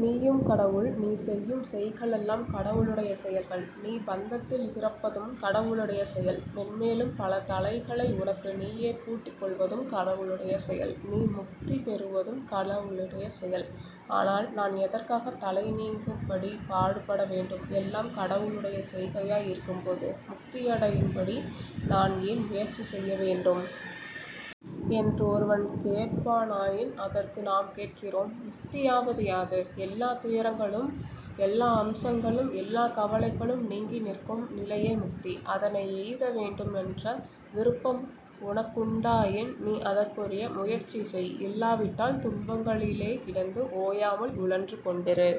நீயும் கடவுள், நீ செய்யும் செயல்களெல்லாம் கடவுளுடைய செயல்கள், நீ பந்தத்தில் பிறப்பதும் கடவுளுடைய செயல். மேன்மேலும் பல தளைகளை உனக்கு நீயே பூட்டிக் கொள்வதும் கடவுளுடைய செயல். நீ முக்தி பெறுவதும் கடவுளுடைய செயல். 'ஆனால் நான் எதற்காக தளை நீங்கும்படி பாடுபடவேண்டும்? எல்லாம் கடவுளுடைய செய்கையாய் இருக்கும் போது முக்தியடையும் படி நான் ஏன் முயற்சி செய்ய வேண்டும்? ' என்று ஒருவன் கேட்பானாயின், அதற்கு நாம் கேட்கிறோம், 'முக்தியாவது யாது? ' எல்லாத் துயரங்களும் எல்லா அம்சங்களும் எல்லாக் கவலைகளும் நீங்கி நிற்கும் நிலையே முக்தி. அதனை எய்த வேண்டுமென்ற விருப்பம் உனக்குண்டாயின், நீ அதற்குரிய முயற்சி செய். இல்லாவிட்டால், துன்பங்களிலே கிடந்து ஓயாமல் உழன்று கொண்டிரு.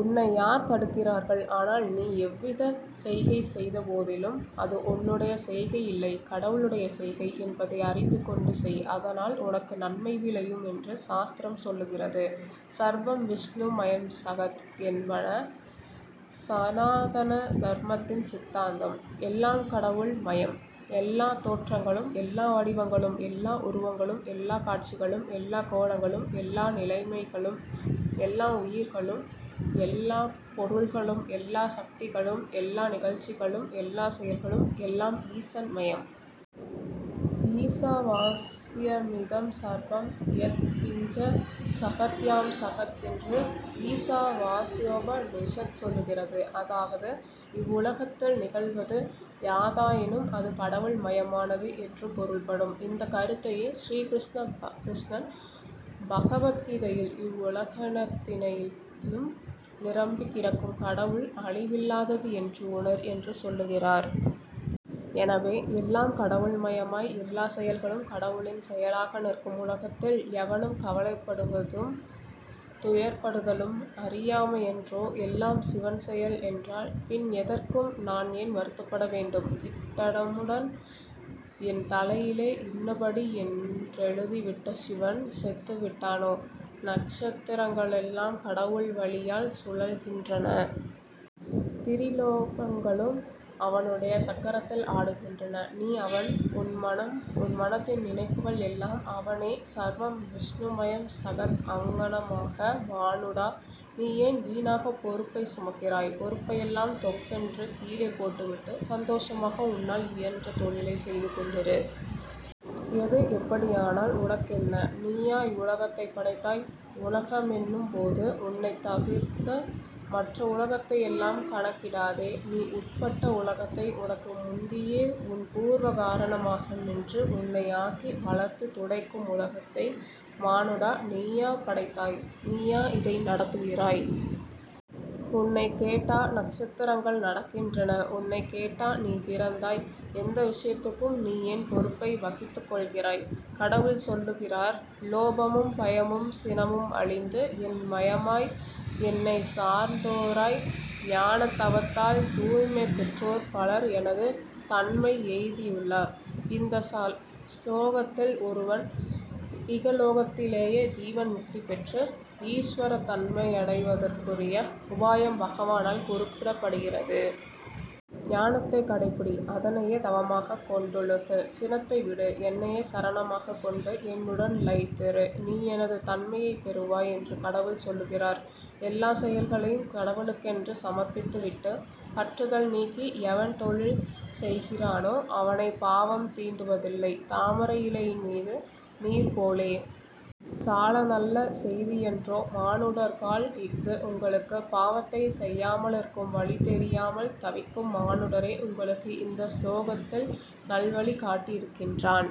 உன்னை யார் தடுக்கிறார்கள்? ஆனால், நீ எவ்விதச் செய்கை செய்த போதிலும், அது உன்னுடைய செய்கையில்லை. கடவுளுடைய செய்கை' என்பதை அறிந்துகொண்டு செய். அதனால் உனக்கு நன்மை விளையும் என்று சாஸ்திரம் சொல்லுகிறது. 'ஸர்வம் விஷ்ணு மயம் ஜகத்' என்பது ஸநாதன தர்மத்தின் சித்தாந்தம். எல்லாம் கடவுள் மயம், எல்லாத் தோற்றங்களும், எல்லா வடிவங்களும், எல்லா உருவங்களும், எல்லாக் காட்சிகளும், எல்லாக் கோலங்களும், எல்லா நிலைமைகளும், எல்லா உயிர்களும், எல்லாப் பொருள்களும், எல்லா சக்திகளும், எல்லா நிகழ்ச்சிகளும், எல்லாச் செயல்களும் எல்லாம் ஈசன் மயம். 'ஈசாவாஸ்யமிதம் ஸர்வம் யத் கிஞ்ச ஜகத்யாம் ஜகத்' என்று ஈசாவாஸ்யோப நிஷத் சொல்லுகிறது. அதாவது 'இவ்வுலகத்தில் நிகழ்வது யாதாயினும் அது கடவுள் மயமானது' என்று பொருள்படும். இந்தக் கருத்தையே ஸ்ரீ கிருஷ்ணன் பகவத் கீதையில், 'இவ்வுலகனைத்திலும் நிரம்பிக் கிடக்கும் கடவுள் அழிவில்லாதது என்று உணர்' என்று சொல்லுகிறார். எனவே எல்லாம் கடவுள் மயமாய், எல்லாச் செயல்களும் கடவுளின் செயலாக நிற்கும் உலகத்தில், எவனும் கவலைப்படுதலும், துயர்ப்படுதலும் அறியாமையன்றோ? 'எல்லாம் சிவன் செயல்' என்றால், பின் எதற்கும் நான் ஏன் வருத்தப்பட வேண்டும்? 'இட்டமுடன்' என் தலையிலே இன்னபடி யென்றெழுதிவிட்ட சிவன் செத்துவிட்டானோ? ' நக்ஷத்திரங்களெல்லாம் கடவுள் வலியால் சுழல்கின்றன. திரிலோகங்களும் அவனுடைய சக்கரத்தில் ஆடுகின்றன. நீ அவன், உன் மனம், உன் மனத்தின் நினைப்புகள் எல்லாம் அவனே ''ஸர்வம் விஷ்ணுமயம் ஜகத் அங்ஙனமாக, மானுடா, நீ ஏன் வீணாகப் பொறுப்பைச் சுமக்கிறாய்? பொறுப்பையெல்லாம் தொப்பென்று கீழே போட்டுவிட்டு, சந்தோஷமாக உன்னால் இயன்ற தொழிலைச் செய்து கொண்டிரு. எது எப்படியானால் உனக்கென்ன? நீயா இவ்வுலகத்தைப் படைத்தாய்? உலகமென்னும் போது உன்னைத் தவிர்ந்த மற்ற உலகத்தையெல்லாம் கணக்கிடாதே. நீ உட்பட்ட உலகத்தை, உனக்கு முந்தியே உன் பூர்வ காரணமாக நின்று உன்னை ஆக்கி வளர்த்துத் துடைக்கும் உலகத்தை, மானுடா, நீயா படைத்தாய்? நீயா இதை நடத்துகிறாய்? உன்னைக் கேட்டா நக்ஷத்திரங்கள் நடக்கின்றன? உன்னைக் கேட்டா நீ பிறந்தாய்? எந்த விஷயத்துக்கும் நீ ஏன் பொறுப்பை வகித்துக் கொள்கிறாய்? கடவுள் சொல்லுகிறார் லோபமும் பயமும் சினமும் அழிந்து, என் மயமாய், என்னைச் சார்ந்தோராய், ஞானத் தவத்தால் தூய்மை பெற்றோர் பலர் எனது தன்மை எய்தியுள்ளார் இந்த சுலோகத்தில் ஒருவன் இகலோகத்திலேயே ஜீவன் முக்தி பெற்று ஈசுவரத் தன்மையடைதற்குரிய உபாயம் பகவானால் குறிப்பிடப்பட்டிருக்கிறது. ஞானத்தைக் கடைப்பிடி. அதனையே தவமாகக் கொண்டொழுகு. சினத்தை விடு. என்னையே சரணமாகக் கொண்டு என்னுடன் லயித்திரு. நீ எனது தன்மையை பெறுவாய் என்று கடவுள் சொல்லுகிறார். எல்லாச் செயல்களையும் கடவுளுக்கென்று சமர்ப்பித்து விட்டுப் பற்றுதல் நீக்கி எவன் தொழில் செய்கிறானோ அவனைப் பாவம் தீண்டுவதில்லை. தாமரையிலை மீது நீர் போலே. சால நல்ல செய்தியன்றோ, மானுடர்காள், இஃது உங்களுக்கு! பாவத்தை செய்யாமலிருக்கும் வழி தெரியாமல் தவிக்கும் மானுடரே! உங்களுக்கு இந்த சுலோகத்தில் நல்வழி காட்டியிருக்கின்றான்